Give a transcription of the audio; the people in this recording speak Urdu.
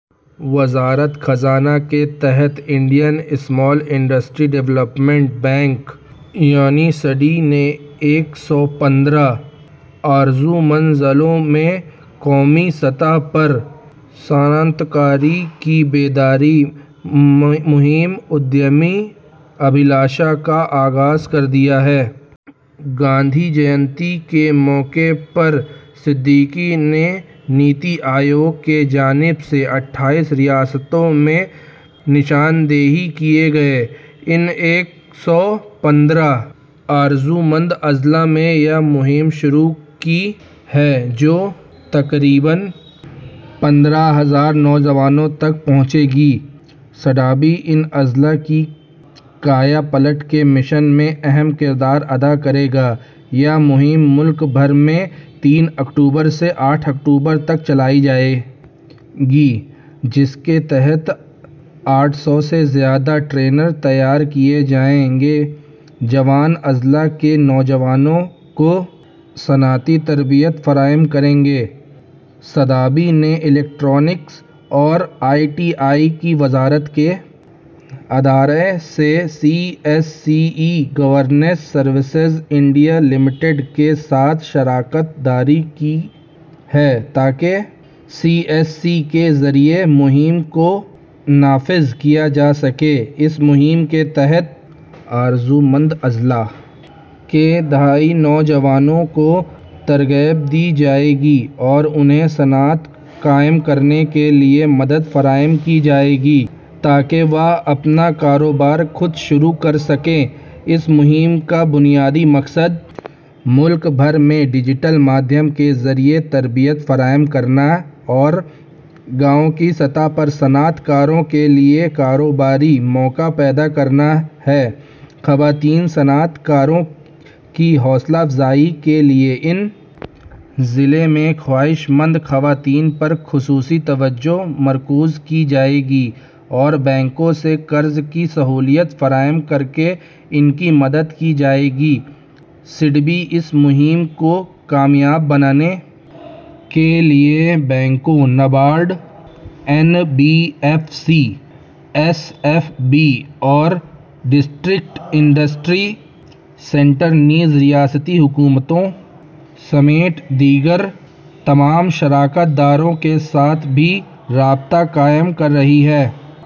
وزارت خزانہ کے تحت Indian small industries development bank یعنی سڈبی نے ایک سو پندرہ آرزومند ضلعوں میں قومی سطح پر صنعت کاری کی بیداری مہم ادیم ابھیلاشا کا آغاز کر دیا ہے گاندھی جے نتی کے موقع پر سڈبی نے نیتی آیوگ کی جانب سے اٹھائیس ریاستوں میں نشاندہی کیے گئے ان ایک سو پندرہ آرزومند اضلاع میں یہ مہم شروع کی ہے جو تقریباً پندرہ ہزار نوجوانوں تک پہنچے گی سڈبی ان اضلاع کی کایا پلٹ کے مشن میں اہم کردار ادا کرے گا یہ مہم ملک بھر میں تین اکتوبر سے آٹھ اکتوبر تک چلائی جائے گی جس کے تحت آٹھ سو سے زیادہ ٹرینرز تیار کیے جائیں گے جو ان اضلاع کے نوجوانوں کو صنعتی تربیت فراہم کریں گے سڈبی نے الیکٹرونکس اور آئی ٹی کی وزارت کے ادارے C S C e governance services India limited کے ساتھ شراکت داری کی ہے تاکہ سی ایس سی کے ذریعے مہم کو نافذ کیا جا سکے اس مہم کے تحت آرزومند اضلاع کے دیہی نوجوانوں کو ترغیب دی جائے گی اور انہیں صنعت قائم کرنے کے لیے مدد فراہم کی جائے گی تاکہ وہ اپنا کاروبار خود شروع کر سکیں اس مہم کا بنیادی مقصد ملک بھر میں ڈیجیٹل میڈیم کے ذریعے تربیت فراہم کرنا اور گاؤں کی سطح پر صنعت کاروں کے لیے کاروباری مواقع پیدا کرنا ہے خواتین صنعت کاروں کی حوصلہ افزائی کے لیے ان اضلاع میں خواہش مند خواتین پر خصوصی توجہ مرکوز کی جائے گی اور بینکوں سے قرض کی سہولت فراہم کر کے ان کی مدد کی جائے گی سڈبی اس مہم کو کامیاب بنانے کے لیے بینکوں NABARD N B F Cs S F Bs اور ڈسٹرکٹ انڈسٹریز سینٹرز نیز ریاستی حکومتوں سمیت دیگر تمام شراکت داروں کے ساتھ بھی رابطہ قائم کر رہی ہے